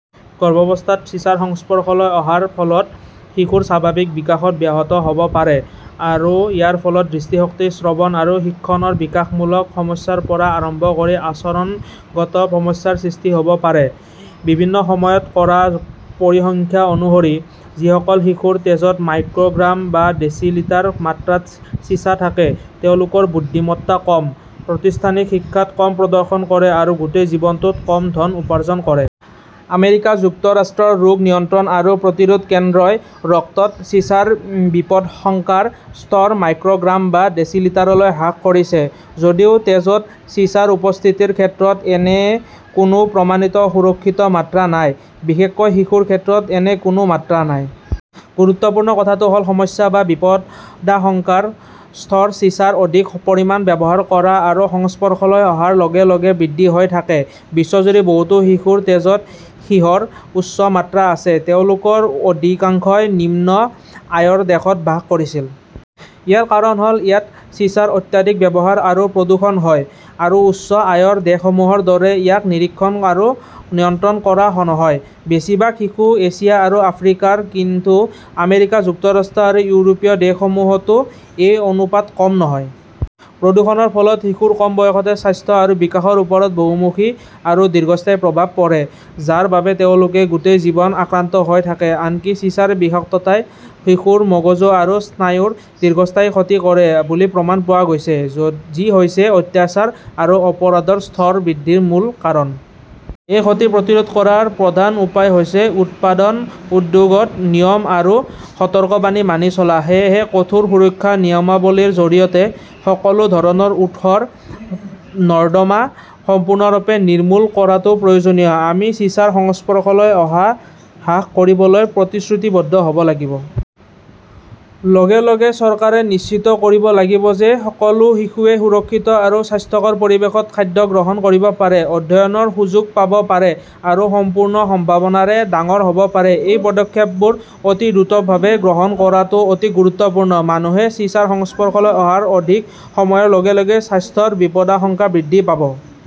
গৰ্ভাৱস্থাত চিছাৰ সংস্পৰ্শলৈ অহাৰ ফলত শিশুৰ স্বাভাৱিক বিকাশ ব্যাহত হ'ব পাৰে আৰু ইয়াৰ ফলত দৃষ্টিশক্তি, শ্ৰৱণ আৰু শিক্ষণৰ বিকাশমূলক সমস্যাৰ পৰা আৰম্ভ কৰি আচৰণগত সমস্যাৰ সৃষ্টি হ'ব পাৰে। বিভিন্ন সময়ত কৰা পৰিসংখ্যা অনুসৰি, যিসকল শিশুৰ তেজত মাইক্ৰ'গ্ৰাম বা ডেচিলিটাৰ মাত্ৰাত চিছা থাকে তেওঁলোকৰ বুদ্ধিমত্তা কম, প্ৰতিষ্ঠানিক শিক্ষাত কম প্ৰদৰ্শন কৰে, আৰু গোটেই জীৱনটোত কম ধন উপাৰ্জন কৰে। আমেৰিকা যুক্তৰাষ্ট্ৰৰ ৰোগ নিয়ন্ত্ৰণ আৰু প্ৰতিৰোধ কেন্দ্ৰই ৰক্তত চিছাৰ বিপদাশংকাৰ স্তৰ মাইক্ৰ'গ্ৰাম বা ডেচিলিটাৰলৈ হ্ৰাস কৰিছে । যদিও তেজত চিছাৰ উপস্থিতিৰ ক্ষেত্ৰত এনে কোনো প্ৰমাণিত সুৰক্ষিত মাত্ৰা নাই। বিশেষকৈ শিশুৰ ক্ষেত্ৰত এনে কোনো মাত্ৰা নাই। গুৰুত্বপূৰ্ণ কথাটো হ 'ল সমস্যা বা বিপদাশংকাৰ স্তৰ চিছাৰ অধিক পৰিমাণ ব্যৱহাৰ কৰা আৰু সংস্পৰ্শলৈ অহাৰ লগে লগে বৃদ্ধি হৈ থাকে। বিশ্বজুৰি বহুতো শিশুৰ তেজত সীহৰ উচ্চ মাত্ৰা আছে। তেওঁলোকৰ অধিকাংশই নিম্ন আয়ৰ দেশত বাস কৰিছিল। ইয়াৰ কাৰণ হ'ল, ইয়াত চিছাৰ অত্যধিক ব্যৱহাৰ আৰু প্ৰদূষণ হয় আৰু উচ্চ আয়ৰ দেশসমূহৰ দৰে ইয়াক নিৰীক্ষণ আৰু নিয়ন্ত্ৰণ কৰা নহয়। বেছিভাগ শিশু এছিয়া আৰু আফ্ৰিকাৰ, কিন্তু আমেৰিকা যুক্তৰাষ্ট্ৰ আৰু ইউৰোপীয় দেশসমূহতো এই অনুপাত কম নহয়। প্ৰদূষণৰ ফলত শিশুৰ কম বয়সতে স্বাস্থ্য আৰু বিকাশৰ ওপৰত বহুমুখী আৰু দীৰ্ঘস্থায়ী প্ৰভাৱ পৰে, যাৰ বাবে তেওঁলোকে গোটেই জীৱন আক্ৰান্ত হৈ থাকে। আনকি চিছাৰ বিষাক্ততাই শিশুৰ মগজু আৰু স্নায়ুৰ দীৰ্ঘস্থায়ী ক্ষতি কৰে বুলি প্ৰমাণ পোৱা গৈছে, যি হৈছে অত্যাচাৰ আৰু অপৰাধৰ স্তৰ বৃদ্ধিৰ মূল কাৰণ। এই ক্ষতি প্ৰতিৰোধ কৰাৰ প্ৰধান উপায় হৈছে উৎপাদন উদ্যোগত নিয়ম আৰু সতৰ্কবাণী মানি চলা। সেয়েহে কঠোৰ সুৰক্ষা নিয়মাৱলীৰ জৰিয়তে সকলো ধৰণৰ উৎসৰ নৰ্দমা সম্পূৰ্ণৰূপে নিৰ্মূল কৰাটো প্ৰয়োজনীয়। আমি চিছাৰ সংস্পৰ্শলৈ অহা হ্ৰাস কৰিবলৈ প্ৰতিশ্ৰুতিবদ্ধ হ'ব লাগিব। লগে লগে চৰকাৰে নিশ্চিত কৰিব লাগিব যে সকলো শিশুৱে সুৰক্ষিত আৰু স্বাস্থ্যকৰ পৰিৱেশত খাদ্য গ্ৰহণ কৰিব পাৰে, অধ্যয়নৰ সুযোগ পাব পাৰে আৰু সম্পূৰ্ণ সম্ভাৱনাৰে ডাঙৰ হ'ব পাৰে। এই পদক্ষেপবোৰ অতি দ্ৰুতভাৱে গ্ৰহণ কৰাটো অতি গুৰুত্বপূৰ্ণ। মানুহে চিছাৰ সংস্পৰ্শলৈ অহাৰ অধিক সময়ৰ লগে লগে স্বাস্থ্যৰ বিপদাশংকা বৃদ্ধি পাব।